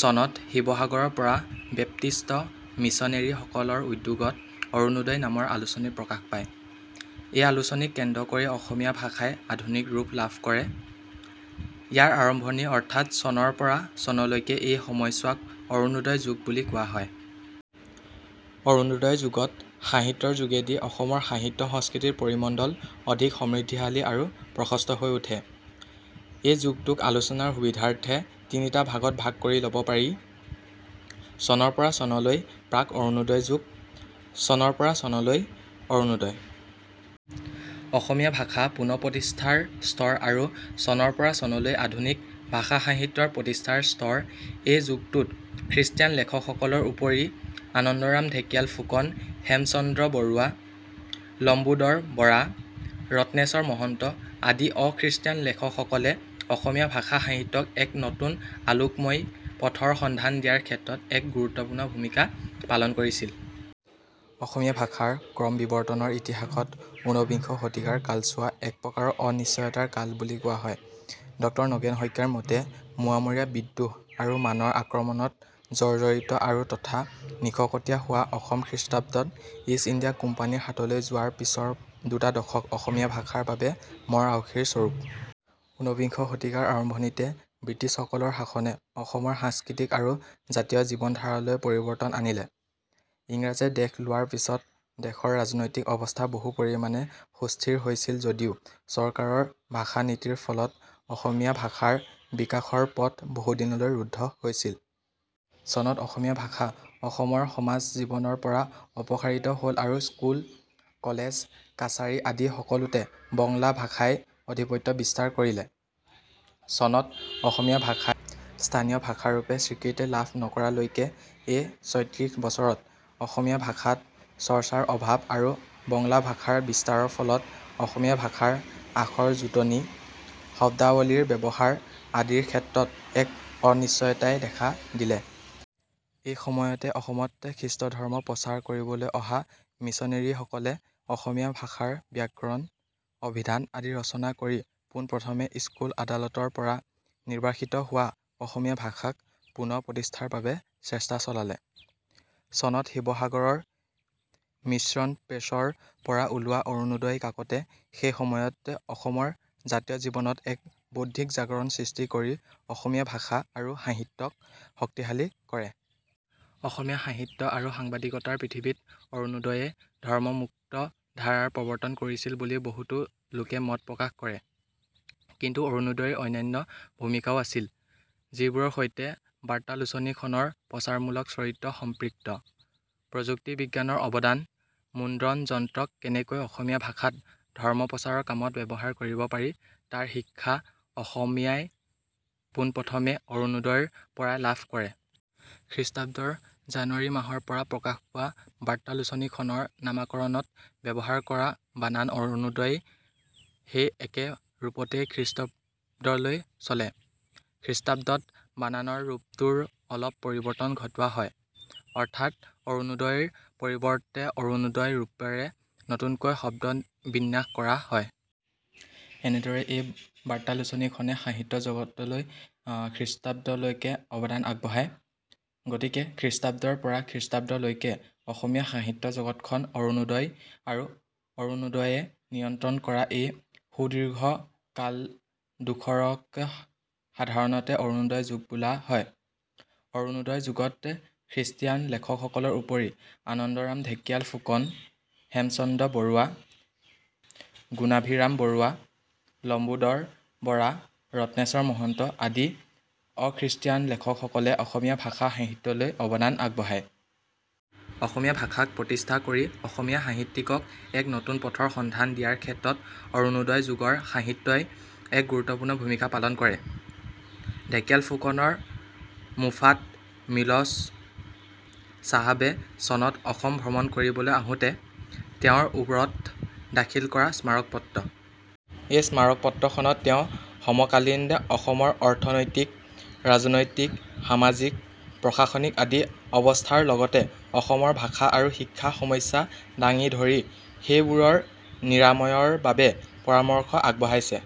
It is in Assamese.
চনত শিৱসাগৰৰ পৰা বেপ্তিষ্ট মিছনেৰীসকলৰ উদ্যোগত ' অৰুণোদই ' নামৰ আলোচনী প্ৰকাশ পায়। এই আলোচনীক কেন্দ্ৰ কৰি অসমীয়া ভাষাই আধুনিক ৰূপ লাভ কৰে। ইয়াৰ আৰম্ভণি অৰ্থাৎ চনৰ পৰা চনলৈকে এই সময়চোৱাক অৰুণোদয় যুগ বুলি কোৱা হয়। অৰুণোদয় যুগত সাহিত্যৰ যোগেদি অসমৰ সাহিত্য সংস্কৃতিৰ পৰিমণ্ডল অধিক সমৃদ্ধিশালী আৰু প্ৰশস্ত হৈ উঠে। এই যুগটোক আলোচনাৰ সুবিধাৰ্থে তিনিটা ভাগত ভাগ কৰি ল'ব পাৰি৷ চনৰ পৰা চনলৈ প্ৰাক্-অৰুণোদয় যুগ৷ চনৰ পৰা চনলৈ অৰুণোদয়ঃ অসমীয়া ভাষা পুনঃ প্ৰতিষ্ঠাৰ স্তৰ আৰু চনৰ পৰা চনলৈ আধুনিক ভাষা-সাহিত্যৰ প্ৰতিষ্ঠাৰ স্তৰ এই যুগটোত খ্ৰীষ্টিয়ান লেখকসকলৰ উপৰি আনন্দৰাম ঢেকিয়াল ফুকন, হেমচন্দ্ৰ বৰুৱা, লম্বোদৰ বৰা, ৰত্নেশ্বৰ মহন্ত আদি অখ্ৰীষ্টিয়ান লেখকসকলে অসমীয়া ভাষা-সাহিত্যক এক নতুন আলোকময় পথৰ সন্ধান দিয়াৰ ক্ষেত্ৰত এক গুৰুত্বপূৰ্ণ ভূমিকা পালন কৰিছিল। অসমীয়া ভাষাৰ ক্ৰমবিৱৰ্তনৰ ইতিহাসত ঊনবিংশ শতিকাৰ কালছোৱা একপ্ৰকাৰৰ অনিশ্চয়তাৰ কাল বুলি কোৱা হয়। ড নগেন শইকীয়াৰ মতে মোৱামৰীয়া বিদ্ৰোহ আৰু মানৰ আক্ৰমণত জৰ্জড়িত আৰু তথা নিশকটীয়া হোৱা অসম খ্ৰীষ্টাব্দত ইষ্ট ইণ্ডিয়া কোম্পানীৰ হাতলৈ যোৱাৰ পিছৰ দুটা দশক অসমীয়া ভাষাৰ বাবে মৰ-আঁউসী স্বৰূপ। ঊনবিংশ শতিকাৰ আৰম্ভণিতে ব্ৰিটিছসকলৰ শাসনে অসমৰ সাংস্কৃতিক আৰু জাতীয় জীৱনধাৰলৈ পৰিৱৰ্তন আনিলে। ইংৰাজে দেশ লোৱাৰ পিছত দেশৰ ৰাজনৈতিক অৱস্থা বহু পৰিমাণে সুস্থিৰ হৈছিল যদিও চৰকাৰৰ ভাষা-নীতিৰ ফলত অসমীয়া ভাষাৰ বিকাশৰ পথ বহুদিনলৈ ৰুদ্ধ হৈছিল। চনত অসমীয়া ভাষা অসমৰ সমাজ জীৱনৰ পৰা অপসাৰিত হ'ল আৰু স্কুল, কলেজ, কাছাৰী আদি সকলোতে বঙলা ভাষাই আধিপত্য বিস্তাৰ কৰিলে। চনত অসমীয়া ভাষাই স্থানীয় ভাষাৰূপে স্বীকৃতি লাভ নকৰালৈকে এই ছয়ত্ৰিশ বছৰত অসমীয়া ভাষাত চৰ্চাৰ অভাৱ আৰু বঙলা ভাষাৰ বিস্তাৰৰ ফলত অসমীয়া ভাষাৰ আখৰ জোঁটনি, শব্দাৱলীৰ ব্যৱহাৰ আদিৰ ক্ষেত্ৰত এক অনিশ্চয়তাই দেখা দিলে। এই সময়তে অসমত খ্ৰীষ্টধৰ্ম প্ৰচাৰ কৰিবলৈ অহা মিছনেৰীসকলে অসমীয়া ভাষাৰ ব্যাকৰণ, অভিধান আদি ৰচনা কৰি পোন প্ৰথমে স্কুল আদালতৰ পৰা নিৰ্বাসিত হোৱা অসমীয়া ভাষাক পুনঃ প্ৰতিষ্ঠাৰ বাবে চেষ্টা চলালে। চনত শিৱসাগৰৰ 'মিশ্যন প্ৰেছ'ৰ পৰা ওলোৱা অৰুনোদই কাকতে সেইসময়ত অসমৰ জাতীয় জীৱনত এক বৌদ্ধিক জাগৰণ সৃষ্টি কৰি অসমীয়া ভাষা আৰু সাহিত্যক শক্তিশালী কৰে। অসমীয়া সাহিত্য আৰু সাংবাদিকতাৰ পৃথিৱীত অৰুনোদইয়ে ধৰ্মমুক্ত ধাৰাৰ প্ৰৱৰ্তন কৰিছিল বুলি বহুতো লোকে মত প্ৰকাশ কৰে। কিন্তু অৰুনোদইৰ অন্যান্য ভূমিকাও আছিল; যিবোৰৰ সৈতে বাৰ্তালোচনীখনৰ প্ৰচাৰমূলক চৰিত্ৰ সম্পৃক্ত। প্ৰযুক্তি বিজ্ঞানৰ অৱদান, মুদ্ৰণ যন্ত্ৰক কেনেকৈ অসমীয়া ভাষাত ধৰ্মপ্ৰচাৰৰ কামত ব্যৱহাৰ কৰিব পাৰি তাৰ শিক্ষা অসমীয়াই পোন প্ৰথমে অৰুনোদইৰ পৰাই লাভ কৰে। খ্ৰীঃৰ জানুৱাৰী মাহৰ পৰা প্ৰকাশ পোৱা বৰ্তালোচনীখনৰ নামকৰণত ব্যৱহাৰ কৰা বানান অৰুনোদই, সেই একে ৰূপতেই খ্ৰীঃলৈ চলে। খ্ৰীঃত বানানৰ ৰূপটোৰ অলপ পৰিৱৰ্তন ঘটোৱা হয়; অৰ্থাৎ অৰুনোদইৰ পৰিৱৰ্তে অৰুণোদয় ৰূপৰে নতুনকৈ শব্দবিন্যাস কৰা হয়। এনেদৰেই এই বাৰ্তালোচনীখনে সাহিত্য-জগতলৈ খ্ৰীঃলৈকে অৱদান আগবঢ়ায়। গতিকে খ্ৰীঃৰ পৰা খ্ৰীঃলৈকে অসমীয়া সাহিত্য জগতখন অৰুনোদই আৰু অৰুণোদয়ে নিয়ন্ত্ৰণ কৰা এই সুদীৰ্ঘ কালডোখৰক সাধাৰণতে অৰুণোদয় যুগ বোলা হয়। অৰুণোদয় যুগত খ্ৰীষ্টিয়ান লেখকসকলৰ উপৰি আনন্দৰাম ঢেকিয়াল ফুকন, হেমচন্দ্ৰ বৰুৱা, গুণাভিৰাম বৰুৱা, লম্বোদৰ বৰা, ৰত্নেশ্বৰ মহন্ত আদি অখ্ৰীষ্টিয়ান লেখকসকলে অসমীয়া ভাষা-সাহিত্যলৈ অৱদান আগবঢ়ায়। অসমীয়া ভাষাক প্ৰতিষ্ঠা কৰি অসমীয়া সাহিত্যিকক এক নতুন পথৰ সন্ধান দিয়াৰ ক্ষেত্ৰত অৰুণোদয় যুগৰ সাহিত্যই এক গুৰুত্বপূৰ্ণ ভূমিকা পালন কৰে। ঢেকিয়াল ফুকনৰ মোফাত মিলচ চাহাবে চনত অসম ভ্ৰমণ কৰিবলৈ আহোঁতে, তেওঁৰ ওৰত দাখিল কৰা স্মাৰকপত্ৰ। এই স্মাৰকপত্ৰখনত তেওঁ সমকালীন অসমৰ অৰ্থনৈতিক, ৰাজনৈতিক, সামাজিক, প্ৰশাসনিক আদি অৱস্থাৰ লগতে অসমৰ ভাষা আৰু শিক্ষা সমস্যা দাঙি ধৰি সেইবোৰৰ নিৰাময়ৰ বাবে পৰামৰ্শ আগবঢ়াইছে।